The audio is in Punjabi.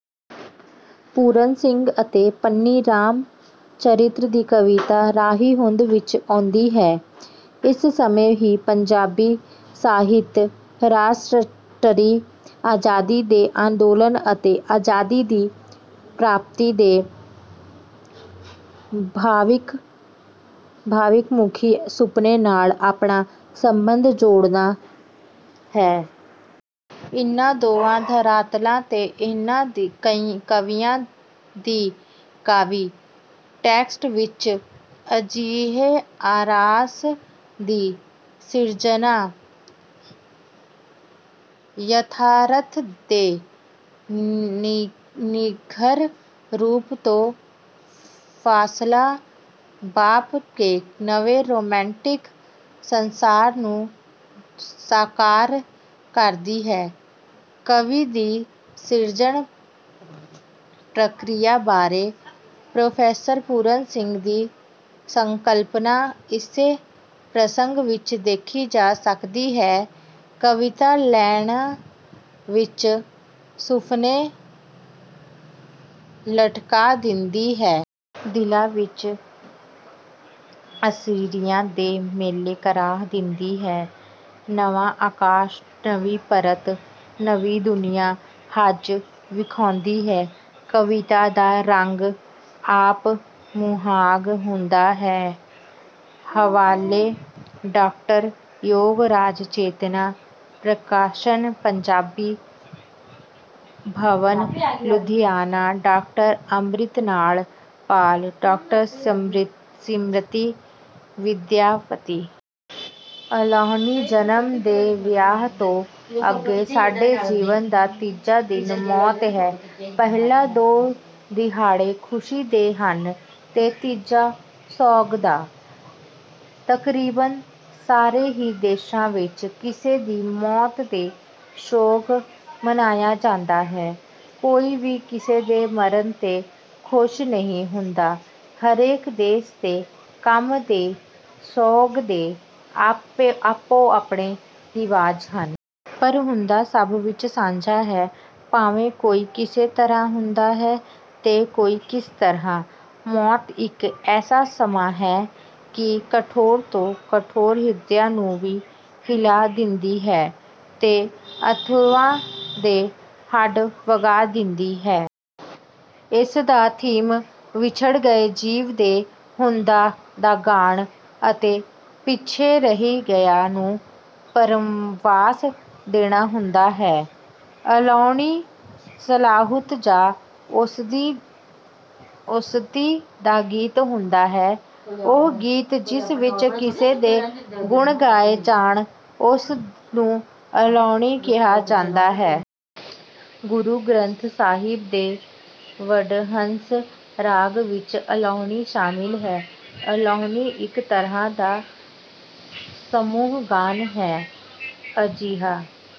ਪੂਰਨ ਸਿੰਘ ਅਤੇ ਧਨੀ ਰਾਮ ਚਾਤ੍ਰਿਕ ਦੀ ਕਵਿਤਾ ਰਾਹੀਂ ਹੋਂਦ ਵਿੱਚ ਆਉਂਦੀ ਹੈ। ਇਸ ਸਮੇਂ ਹੀ ਪੰਜਾਬੀ ਸਾਹਿਤ ਰਾਸ਼ਟਰੀ ਆਜ਼ਾਦੀ ਦੇ ਅੰਦੋਲਨ ਅਤੇ ਆਜ਼ਾਦੀ ਦੀ ਪ੍ਰਾਪਤੀ ਦੇ ਭਵਿੱਖਮੁੱਖੀ ਸੁਪਨੇ ਨਾਲ ਆਪਣਾ ਸੰਬੰਧ ਜੋੜਦਾ ਹੈ। ਇਨ੍ਹਾਂ ਦੋਵਾਂ ਧਰਾਤਲਾਂ ਤੇ ਇਨ੍ਹਾਂ ਕਵੀਆਂ ਦੀ ਕਾਵਿ ਟੈਕਸਟ ਵਿੱਚ ਅਜਿਹੇ ਆਰਸ਼ ਦੀ ਸਿਰਜਣਾ ਯਥਾਰਥ ਦੇ ਨਿੱਘਰ ਰੂਪ ਤੋਂ ਫਾਸਲਾ ਥਾਪ ਕੇ ਨਵੇਂ ਰੋਮਾਂਟਿਕ ਸੰਸਾਰ ਨੂੰ ਸਾਕਾਰ ਕਰਦੀ ਹੈ। ਕਾਵਿ ਦੀ ਸਿਰਜਣ ਪ੍ਰਕਿਰਿਆ ਬਾਰੇ ਪ੍ਰੋਫੈਸਰ ਪੂਰਨ ਸਿੰਘ ਦੀ ਸੰਕਲਪਨਾ ਇਸੇ ਪ੍ਰਸੰਗ ਵਿੱਚ ਦੇਖੀ ਜਾ ਸਕਦੀ ਹੈ ਕਵਿਤਾ ਨੈਣਾਂ ਵਿੱਚ ਸੁਫਨੇ ਲਟਕਾ ਦਿੰਦੀ ਹੈ। ਦਿਲਾਂ ਵਿੱਚ ਅਸ਼ਰੀਰੀਆਂ ਦੇ ਮੇਲੇ ਕਰਾ ਦਿੰਦੀ ਹੈ। ਨਵਾਂ ਆਕਾਸ਼ ਨਵੀਂ ਧਰਤ ਨਵੀਂ ਦੁਨੀਆਂ ਰਚ ਵਿਖਾਉਂਦੀ ਹੈ ਕਵਿਤਾ ਦਾ ਰੰਗ ਆਪ ਮੁਹਾਰਾ ਆਉਂਦਾ ਹੈ। ਹਵਾਲੇ doctor Yograj Chetna Prakashan Punjabi Bhawan Ludhiana doctor Amrit Lal Pal doctor Shrimati Vidyavati. ਅਲਾਹੁਣੀ ਜਨਮ ਤੇ ਵਿਆਹ ਤੋਂ ਅੱਗੇ ਸਾਡੇ ਜੀਵਨ ਦਾ ਤੀਜਾ ਦਿਨ ਮੌਤ ਹੈ। ਪਹਿਲੇ ਦੋ ਦਿਹਾੜੇ ਖੁਸ਼ੀ ਦੇ ਹਨ ਤੇ ਤੀਜਾ ਸੋਗ ਦਾ। ਤਕਰੀਬਨ ਸਾਰੇ ਹੀ ਦੇਸ਼ਾਂ ਵਿੱਚ ਕਿਸੇ ਦੀ ਮੌਤ ਤੇ ਸੋਗ ਮਨਾਇਆ ਜਾਂਦਾ ਹੈ ਕੋਈ ਵੀ ਕਿਸੇ ਦੇ ਮਰਨ ਤੇ ਖੁਸ਼ ਨਹੀਂ ਹੁੰਦਾ ਹਰੇਕ ਦੇਸ਼ ਤੇ ਕੌਮ ਦੇ ਸੋਗ ਦੇ ਆਪੋ ਆਪਣੇ ਰਿਵਾਜ਼ ਹਨ। ਪਰ ਰੋਣਾ ਸਭ ਵਿੱਚ ਸਾਂਝਾ ਹੈ ਭਾਵੇਂ ਕੋਈ ਕਿਸੇ ਤਰ੍ਹਾਂ ਰੋਂਦਾ ਹੈ ਤੇ ਕੋਈ ਕਿਸ ਤਰ੍ਹਾਂ। ਮੌਤ ਇੱਕ ਐਸਾ ਸਮਾਂ ਹੈ ਕਿ ਕਠੋਰ ਤੋਂ ਕਠੋਰ ਹਿਰਦਿਆਂ ਨੂੰ ਵੀ ਹਿਲਾ ਦਿੰਦੀ ਹੈ ਤੇ ਅਥਰੂਆਂ ਦੇ ਹੜ੍ਹ ਵਗਾ ਦਿੰਦੀ ਹੈ। ਇਸ ਦਾ ਥੀਮ ਵਿਛੜ ਗਏ ਜੀਅ ਦੇ ਗੁਣਾਂ ਦਾ ਗਾਨ ਅਤੇ ਪਿੱਛੇ ਰਹਿ ਗਿਆ ਨੂੰ ਧਰਵਾਸ ਦੇਣਾ ਹੁੰਦਾ ਹੈ। ਅਲਾਹੁਣੀ ਸਲਾਹੁਤ ਜਾਂ ਉਸਤਿ ਦਾ ਗੀਤ ਹੁੰਦਾ ਹੈ। ਉਹ ਗੀਤ ਜਿਸ ਵਿੱਚ ਕਿਸੇ ਦੇ ਗੁਣ ਗਾਏ ਜਾਣ ਉਸ ਨੂੰ ਅਲਾਹੁਣੀ ਕਿਹਾ ਜਾਂਦਾ ਹੈ। ਗੁਰੂ ਗ੍ਰੰਥ ਸਾਹਿਬ ਦੇ ਵਡਹੰਸ ਰਾਗ ਵਿੱਚ ਅਲਾਹੁਣੀ ਸ਼ਾਮਿਲ ਹੈ। ਅਲਾਹੁਣੀ ਇੱਕ ਤਰ੍ਹਾਂ ਦਾ ਸਮੂਹ ਗਾਨ ਹੈ ਅਜਿਹਾ